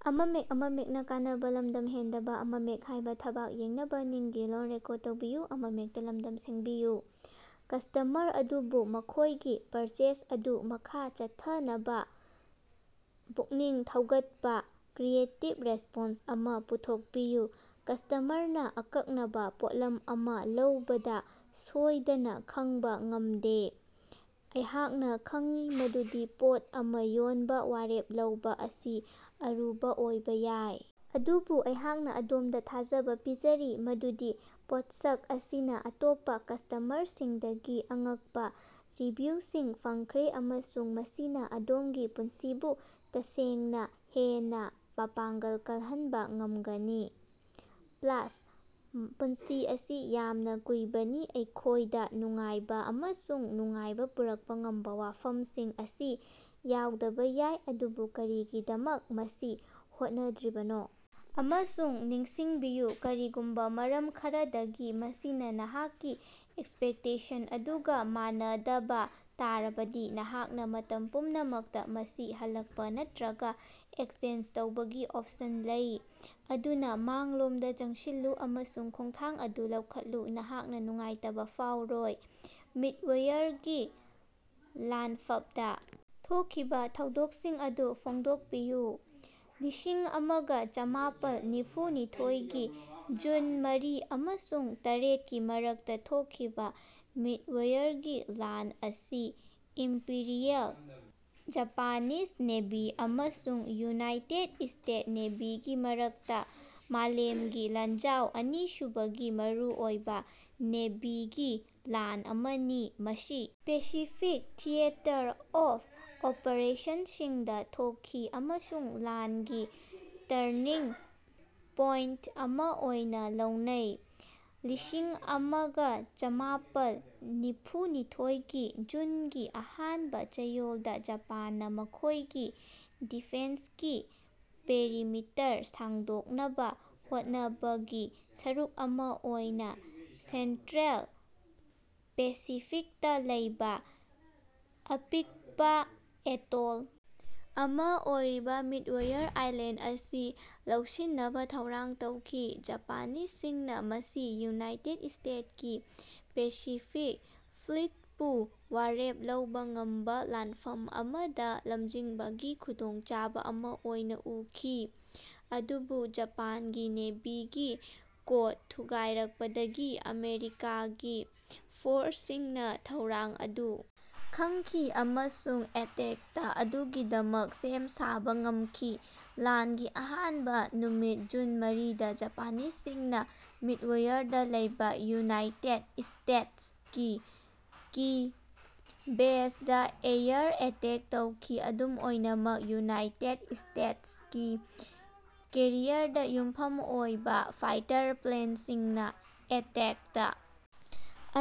Customer ꯑꯗꯨꯕꯨ ꯃꯈꯣꯏꯒꯤ purchase ꯑꯗꯨ ꯃꯈꯥ ꯆꯠꯊꯅꯕ ꯄꯨꯛꯅꯤꯡ ꯊꯧꯒꯠꯄ ꯀ꯭ꯔꯤꯌꯦꯇꯤꯕ ꯔꯦꯁꯄꯣꯟꯁ ꯑꯃ ꯄꯨꯊꯣꯛꯄꯤꯌꯨ꯫ ꯀꯁ꯭ꯇꯃꯔꯅ ꯑꯀꯛꯅꯕ ꯄꯣꯠꯂꯝ ꯑꯃ ꯂꯧꯕꯗ ꯁꯣꯏꯗꯅ ꯈꯪꯕ ꯉꯝꯗꯦ꯫ ꯑꯩꯍꯥꯛꯅ ꯈꯪꯏ ꯃꯗꯨꯗꯤ ꯄꯣꯠ ꯑꯃ ꯌꯣꯟꯕ‌ ꯋꯥꯔꯦꯞ ꯂꯧꯕ ꯑꯁꯤ ꯑꯔꯨꯕ ꯑꯣꯏꯕ ꯌꯥꯏ, ꯑꯗꯨꯕꯨ ꯑꯩꯍꯥꯛꯅ ꯑꯗꯣꯝꯗ ꯊꯥꯖꯕ ꯄꯤꯖꯔꯤ ꯃꯗꯨꯗꯤ ꯄꯣꯠꯊꯣꯛ ꯑꯁꯤꯅ ꯑꯇꯣꯞꯄ ꯀꯁ꯭ꯇꯃꯔꯁꯤꯡꯗꯒꯤ ꯑꯉꯛꯄ ꯔꯤꯚ꯭ꯌꯨꯁꯤꯡ ꯐꯪꯈ꯭ꯔꯦ ꯑꯃꯁꯨꯡ ꯃꯁꯤꯅ ꯑꯗꯣꯝꯒꯤ ꯄꯨꯟꯁꯤꯕꯨ ꯇꯁꯦꯡꯅ ꯍꯦꯟꯅ ꯃꯄꯥꯡꯒꯜ ꯀꯜꯍꯟꯕ ꯉꯝꯒꯅꯤ꯫ ꯄ꯭ꯂꯥꯁ, ꯄꯨꯟꯁꯤ ꯑꯁꯤ ꯌꯥꯝꯅ ꯀꯨꯏꯕꯅꯤ, ꯑꯩꯈꯣꯏꯗ ꯅꯨꯡꯉꯥꯏꯕ ꯑꯃꯁꯨꯡ ꯅꯨꯡꯉꯥꯏꯕ ꯄꯨꯔꯛꯄ ꯉꯝꯕ ꯋꯥꯐꯝꯁꯤꯡ ꯑꯁꯤ ꯌꯥꯎꯗꯕ ꯌꯥꯏ, ꯑꯗꯨꯅ ꯀꯔꯤꯒꯤꯗꯃꯛ ꯃꯁꯤ ꯍꯣꯠꯅꯗ꯭ꯔꯤꯕꯅꯣ? ꯑꯃꯁꯨꯡ ꯅꯤꯡꯁꯤꯡꯕꯤꯌꯨ, ꯀꯔꯤꯒꯨꯝꯕꯥ ꯃꯔꯝ ꯈꯔꯗꯒꯤ ꯃꯁꯤꯅ ꯅꯍꯥꯛꯀꯤ ꯑꯦꯛꯁꯄꯦꯛꯇꯦꯁꯟ ꯑꯗꯨꯒ‌ ꯃꯥꯟꯅꯗꯕ ꯇꯥꯔꯕꯗꯤ, ꯅꯍꯥꯛꯅ ꯃꯇꯝ ꯄꯨꯝꯅꯃꯛꯇ ꯃꯁꯤ ꯍꯜꯂꯛꯄ ꯅꯠꯇꯔꯒ ꯑꯦꯛꯁꯆꯦꯟꯖ ꯇꯧꯕꯒꯤ ꯑꯣꯞꯁꯟ ꯂꯩ꯫ ꯑꯗꯨꯅ ꯃꯥꯡꯂꯣꯝꯗ ꯆꯪꯁꯤꯜꯂꯨ ꯑꯃꯁꯨꯡ ꯈꯣꯡꯊꯥꯡ ꯑꯗꯨ ꯂꯧꯈꯠꯂꯨ, ꯅꯍꯥꯛꯅ ꯅꯨꯡꯉꯥꯏꯇꯕ ꯐꯥꯎꯔꯣꯏ꯫ ꯃꯤꯗꯋꯦꯌꯔꯒꯤ ꯂꯥꯟꯐꯞꯗ ꯊꯣꯛꯈꯤꯕ ꯊꯧꯗꯣꯛꯁꯤꯡ ꯑꯗꯨ ꯐꯣꯡꯗꯣꯛꯄꯤꯌꯨ꯫ ꯂꯤꯁꯤꯡ ꯑꯃꯒ ꯆꯃꯥꯄꯜ ꯅꯤꯐꯨꯅꯤꯊꯣꯏꯒꯤ ꯖꯨꯟ ꯃꯔꯤ ꯑꯃꯁꯨꯡ ꯇꯔꯦꯠꯀꯤ ꯃꯔꯛꯇ ꯊꯣꯛꯈꯤꯕ ꯃꯤꯗꯋꯦꯌꯔꯒꯤ ꯂꯥꯟ ꯑꯁꯤ ꯏꯝꯄꯤꯔꯤꯑꯦꯜ ꯖꯄꯥꯅꯤꯖ ꯅꯦꯚꯤ ꯑꯃꯁꯨꯡ ꯌꯨꯅꯥꯏꯇꯦꯗ ꯁ꯭ꯇꯦꯇꯁ ꯅꯦꯚꯤꯒꯤ ꯃꯔꯛꯇ ꯃꯥꯂꯦꯝꯒꯤ ꯂꯥꯟꯖꯥꯎ ꯑꯅꯤꯁꯨꯕꯒꯤ ꯃꯔꯨꯑꯣꯏꯕ ꯅꯦꯚꯤꯒꯤ ꯂꯥꯟ ꯑꯃꯅꯤ꯫ ꯃꯁꯤ ꯄꯦꯁꯤꯐꯤꯛ ꯊꯤꯌꯦꯇꯔ ꯑꯣꯐ ꯑꯣꯄ꯭ꯔꯦꯁꯟꯁꯤꯡꯗ ꯊꯣꯛꯈꯤ, ꯑꯃꯁꯨꯡ ꯂꯥꯟꯒꯤ ꯇꯔꯅꯤꯡ ꯄꯣꯏꯟꯇ ꯑꯃ ꯑꯣꯏꯅ ꯂꯧꯅꯩ꯫ ꯂꯤꯁꯤꯡ ꯑꯃꯒ ꯆꯃꯥꯄꯜ ꯅꯤꯐꯨꯅꯤꯊꯣꯏꯒꯤ ꯖꯨꯟꯒꯤ ꯑꯍꯥꯟꯕ ꯆꯌꯣꯜꯗ ꯖꯄꯥꯟꯅ‌ ꯃꯈꯣꯏꯒꯤ ꯗꯤꯐꯦꯟꯁꯀꯤ ꯄꯦꯔꯤꯃꯤꯇꯔ ꯁꯥꯡꯗꯣꯛꯅꯕ ꯍꯣꯠꯅꯕꯒꯤ ꯁꯔꯨꯛ ꯑꯃ ꯑꯣꯏꯅ ꯁꯦꯟꯇ꯭ꯔꯦꯜ ꯄꯦꯁꯤꯐꯤꯛꯇ ꯂꯩꯕ ꯑꯄꯤꯛꯄ‌ ꯑꯦꯇꯣꯜ ꯑꯃ ꯑꯣꯏꯔꯤꯕ ꯃꯤꯗꯋꯦꯌꯔ ꯑꯥꯏꯂꯦꯟꯗ ꯑꯁꯤ ꯂꯧꯁꯤꯟꯅꯕ ꯊꯧꯔꯥꯡ ꯇꯧꯈꯤ꯫ ꯖꯄꯥꯅꯤꯖꯁꯤꯡꯅ ꯃꯁꯤ ꯌꯨꯅꯥꯏꯇꯦꯗ ꯁ꯭ꯇꯦꯇꯁꯀꯤ ꯄꯦꯁꯤꯐꯤꯛ ꯐ꯭ꯂꯤꯠꯄꯨ ꯋꯥꯔꯦꯞ ꯂꯧꯕ ꯉꯝꯕ ꯂꯥꯟꯐꯝ ꯑꯃꯗ ꯂꯝꯖꯤꯡꯕꯒꯤ ꯈꯨꯗꯣꯡꯆꯥꯕ ꯑꯃ ꯑꯣꯏꯅ ꯎꯈꯤ꯫ ꯑꯗꯨꯕꯨ ꯖꯄꯥꯟꯒꯤ ꯅꯦꯚꯤꯒꯤ ꯀꯣꯗ ꯊꯨꯒꯥꯏꯔꯛꯄꯗꯒꯤ ꯑꯃꯦꯔꯤꯀꯥꯒꯤ ꯐꯣꯔꯁꯁꯤꯡꯅ ꯊꯧꯔꯥꯡ ꯑꯗꯨ ꯈꯪꯈꯤ ꯑꯃꯁꯨꯡ ꯑꯦꯇꯦꯛꯇ ꯑꯗꯨꯒꯤꯗꯃꯛ ꯁꯦꯝ ꯁꯥꯕ ꯉꯝꯈꯤ꯫ ꯂꯥꯟꯒꯤ ꯑꯍꯥꯟꯕ ꯅꯨꯃꯤꯠ ꯖꯨꯟ ꯃꯔꯤ ꯗꯥ ꯖꯄꯥꯅꯤꯖꯁꯤꯡꯅ ꯃꯤꯗꯋꯦꯌꯔꯗꯥ ꯂꯩꯕ ꯌꯨꯅꯥꯏꯇꯦꯗ ꯁ꯭ꯇꯦꯇꯁꯀꯤ ꯀꯤ ꯕꯦꯖꯗꯥ ꯑꯦꯌꯔ ꯑꯦꯇꯦꯛ ꯇꯧꯈꯤ꯫ ꯑꯗꯨꯝ ꯑꯣꯏꯅꯃꯛ ꯌꯨꯅꯥꯏꯇꯦꯗ ꯁ꯭ꯇꯦꯇꯁꯀꯤ ꯀꯦꯔꯤꯌꯔꯗ ꯌꯨꯝꯐꯝ ꯑꯣꯏꯕ ꯐꯥꯏꯇꯔ ꯄ꯭ꯂꯦꯟꯁꯤꯡꯅ ꯑꯦꯇꯦꯛꯇ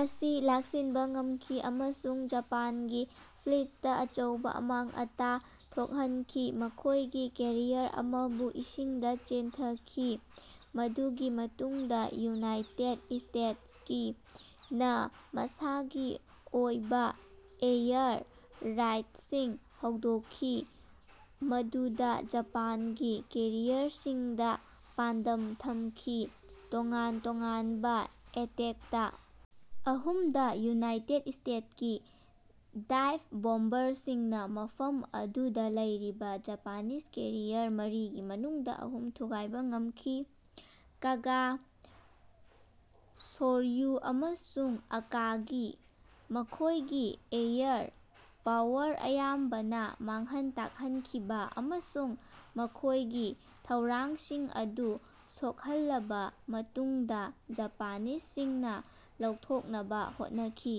ꯑꯁꯤ ꯂꯥꯛꯁꯤꯟꯕ ꯉꯝꯈꯤ ꯑꯃꯁꯨꯡ ꯖꯄꯥꯟꯒꯤ ꯐ꯭ꯂꯤꯠꯇꯥ ꯑꯆꯧꯕ ꯑꯃꯥꯡ ꯑꯇꯥ ꯊꯣꯛꯍꯟꯈꯤ, ꯃꯈꯣꯏꯒꯤ ꯀꯦꯔꯤꯌꯔ ꯑꯃꯕꯨ ꯏꯁꯤꯡꯗ ꯆꯦꯟꯊꯈꯤ꯫ ꯃꯗꯨꯒꯤ ꯃꯇꯨꯡꯗꯥ ꯌꯨꯅꯥꯏꯇꯦꯗ ꯁ꯭ꯇꯦꯇꯁꯀꯤ ꯅ ꯃꯁꯥꯒꯤ ꯑꯣꯏꯕ ꯑꯦꯌꯔ ꯔꯦꯏꯗꯁꯤꯡ ꯍꯧꯗꯣꯛꯈꯤ, ꯃꯗꯨꯗ ꯖꯄꯥꯟꯒꯤ ꯀꯦꯔꯤꯌꯔꯁꯤꯡꯗ ꯄꯥꯟꯗꯝ ꯊꯝꯈꯤ꯫ ꯇꯣꯉꯥꯟ ꯇꯣꯉꯥꯟꯕ ꯑꯦꯇꯦꯛꯇ ꯑꯍꯨꯝꯗ ꯌꯨꯅꯥꯏꯇꯦꯗ ꯁ꯭ꯇꯦꯇꯁꯀꯤ ꯗꯥꯏꯕ ꯕꯣꯝꯕꯔꯁꯤꯡꯅ ꯃꯐꯝ ꯑꯗꯨꯗ ꯂꯩꯔꯤꯕ ꯖꯄꯥꯅꯤꯖ ꯀꯦꯔꯤꯌꯔ ꯃꯔꯤꯒꯤ ꯃꯅꯨꯡꯗ ꯑꯍꯨꯝ ꯊꯨꯒꯥꯏꯕ ꯉꯝꯈꯤ - ꯀꯥꯒꯥ, ꯁꯣꯔꯌꯨ ꯑꯃꯁꯨꯡ ꯑꯀꯥꯒꯤ꯫ ꯃꯈꯣꯏꯒꯤ ꯑꯦꯌꯔ ꯄꯥꯋꯔ ꯑꯌꯥꯝꯕꯅ ꯃꯥꯡꯍꯟ ꯇꯥꯛꯍꯟꯈꯤꯕ, ꯑꯃꯁꯨꯡ ꯃꯈꯣꯏꯒꯤ ꯊꯧꯔꯥꯡꯁꯤꯡ ꯑꯗꯨ ꯁꯣꯛꯍꯜꯂꯕ ꯃꯇꯨꯡꯗ ꯖꯄꯥꯅꯤꯖꯁꯤꯡꯅ ꯂꯧꯊꯣꯛꯅꯕ ꯍꯣꯠꯅꯈꯤ꯫